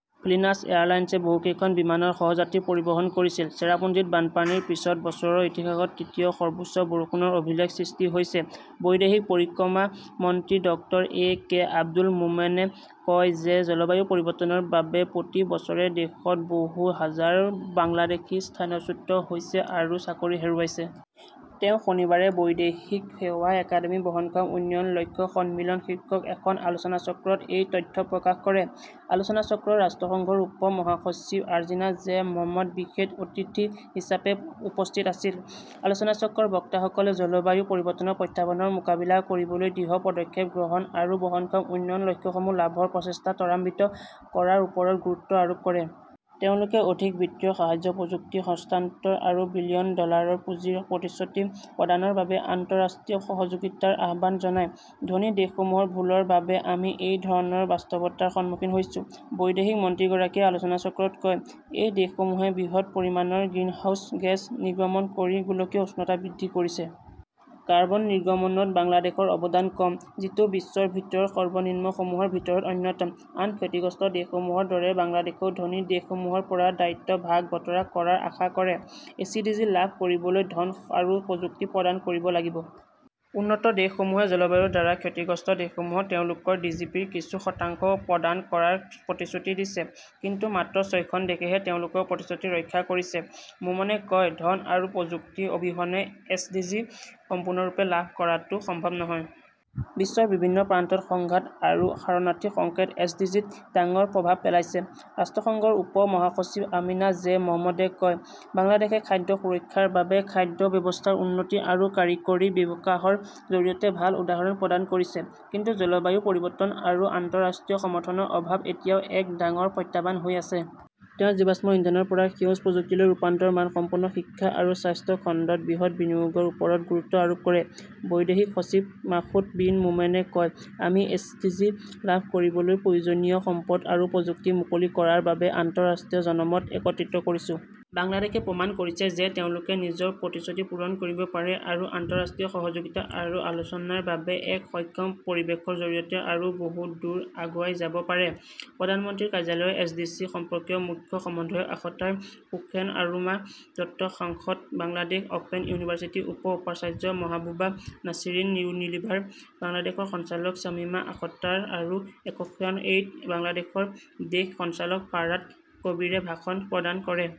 Flynas এয়াৰলাইন্সে বহুকেইখন বিমানত হজযাত্ৰী পৰিবহণ কৰিছিল। চেৰাপুঞ্জীত বানপানীৰ পিছত বছৰৰ ইতিহাসত তৃতীয় সৰ্বোচ্চ বৰষুণৰ অভিলেখ সৃষ্টি হৈছে। বৈদেশিক পৰিক্ৰমা মন্ত্ৰী ডক্টৰ এ. কে. আব্দুল মোমেনে কয় যে জলবায়ু পৰিৱৰ্তনৰ বাবে প্ৰতি বছৰে দেশত বহু হাজাৰ বাংলাদেশী স্থানচ্যুত হৈছে আৰু চাকৰি হেৰুৱাইছে। তেওঁ শনিবাৰে বৈদেশিক সেৱা একাডেমীত বহনক্ষম উন্নয়ন লক্ষ্য সন্মিলন শীৰ্ষক এখন আলোচনাচক্ৰত এই তথ্য প্ৰকাশ কৰে। আলোচনাচক্ৰত ৰাষ্ট্ৰসংঘৰ উপ-মহাসচিব আমিনা জে. মহম্মদ বিশেষ অতিথি হিচাপে উপস্থিত আছিল। আলোচনাচক্ৰৰ বক্তাসকলে জলবায়ু পৰিৱৰ্তনৰ প্ৰত্যাহ্বানৰ মোকাবিলা কৰিবলৈ দৃঢ় পদক্ষেপ গ্ৰহণ আৰু বহনক্ষম উন্নয়ন লক্ষ্যসমূহ লাভৰ প্ৰচেষ্টা ত্বৰান্বিত কৰাৰ ওপৰত গুৰুত্ব আৰোপ কৰে। তেওঁলোকে অধিক বিত্তীয় সাহায্য, প্ৰযুক্তি হস্তান্তৰ আৰু বিলিয়ন ডলাৰৰ পুঁজিৰ প্ৰতিশ্ৰুতি প্ৰদানৰ বাবে আন্তঃৰাষ্ট্ৰীয় সহযোগিতাৰ আহ্বান জনায়। ধনী দেশসমূহৰ ভুলৰ বাবে আমি এই ধৰণৰ বাস্তৱতাৰ সন্মুখীন হৈছো, বৈদেশিক মন্ত্ৰীগৰাকীয়ে আলোচনাচক্ৰত কয়। এই দেশসমূহে বৃহৎ পৰিমাণৰ গ্ৰিনহাউছ গেছ নিৰ্গমন কৰি গোলকীয় উষ্ণতা বৃদ্ধি কৰিছে। কাৰ্বন নিৰ্গমনত বাংলাদেশৰ অৱদান কম, যিটো বিশ্বৰ ভিতৰত সৰ্বনিম্নসমূহৰ ভিতৰত অন্যতম। আন ক্ষতিগ্ৰস্ত দেশসমূহৰ দৰে বাংলাদেশেও ধনী দেশসমূহৰ পৰা দায়িত্ব ভাগ-বতৰা কৰাৰ আশা কৰে। এছডিজি লাভ কৰিবলৈ ধন আৰু প্ৰযুক্তি প্ৰদান কৰিব লাগিব। উন্নত দেশসমূহে জলবায়ুৰ দ্বাৰা ক্ষতিগ্ৰস্ত দেশসমূহক তেওঁলোকৰ জিডিপিৰ কিছু শতাংশ প্ৰদান কৰাৰ প্ৰতিশ্ৰুতি দিছে, কিন্তু মাত্ৰ ছয়খন দেশেহে তেওঁলোকৰ প্ৰতিশ্ৰুতি ৰক্ষা কৰিছে, মোমেনে কয়। ধন আৰু প্ৰযুক্তি অবিহনে এছডিজি সম্পূৰ্ণৰূপে লাভ কৰাটো সম্ভৱ নহয়। বিশ্বৰ বিভিন্ন প্ৰান্তত সংঘাত আৰু শৰণাৰ্থী সংকটে এছডিজিত ডাঙৰ প্ৰভাৱ পেলাইছে, ৰাষ্ট্ৰসংঘৰ উপ-মহাসচিব আমিনা জে. মহম্মদে কয়। বাংলাদেশে খাদ্য সুৰক্ষাৰ বাবে খাদ্য ব্যৱস্থাৰ উন্নতি আৰু কাৰিকৰী বিকাশৰ জৰিয়তে ভাল উদাহৰণ প্ৰদান কৰিছে। কিন্তু জলবায়ু পৰিৱৰ্তন আৰু আন্তঃৰাষ্ট্ৰীয় সমৰ্থনৰ অভাৱ এতিয়াও এক ডাঙৰ প্ৰত্যাহ্বান হৈ আছে। তেওঁ জীৱাশ্ম ইন্ধনৰ পৰা সেউজ প্ৰযুক্তিলৈ ৰূপান্তৰ, মানসম্পন্ন শিক্ষা আৰু স্বাস্থ্য খণ্ডত বৃহৎ বিনিয়োগৰ ওপৰত গুৰুত্ব আৰোপ কৰে। বৈদেশিক সচিব মাসুদ বিন মোমেনে কয়, আমি এছডিজি লাভ কৰিবলৈ প্ৰয়োজনীয় সম্পদ আৰু প্ৰযুক্তি মুকলি কৰাৰ বাবে আন্তঃৰাষ্ট্ৰীয় জনমত একত্ৰিত কৰিছো। বাংলাদেশে প্ৰমাণ কৰিছে যে তেওঁলোকে নিজৰ প্ৰতিশ্ৰুতি পূৰণ কৰিব পাৰে আৰু আন্তঃৰাষ্ট্ৰীয় সহযোগিতা আৰু আলোচনাৰ বাবে এক সক্ষম পৰিৱেশৰ জৰিয়তে আৰু বহু দূৰ আগুৱাই যাব পাৰে। প্ৰধানমন্ত্ৰীৰ কাৰ্যালয়ৰ এছডিজি সম্পৰ্কীয় মুখ্য সমন্বয়ক আখতাৰ হোসেন, অৰোমা দত্ত সাংসদ, বাংলাদেশ অপেন ইউনিভাৰ্চিটিৰ উপ-উপাচাৰ্য মহাবুবা নাছিৰিন, ইউনিলিভাৰ বাংলাদেশৰ সঞ্চালক শ্বামিমা আখতাৰ আৰু একশ্যনএইড বাংলাদেশৰ দেশ সঞ্চালক ফাৰাহ কবীৰে ভাষণ প্ৰদান কৰে।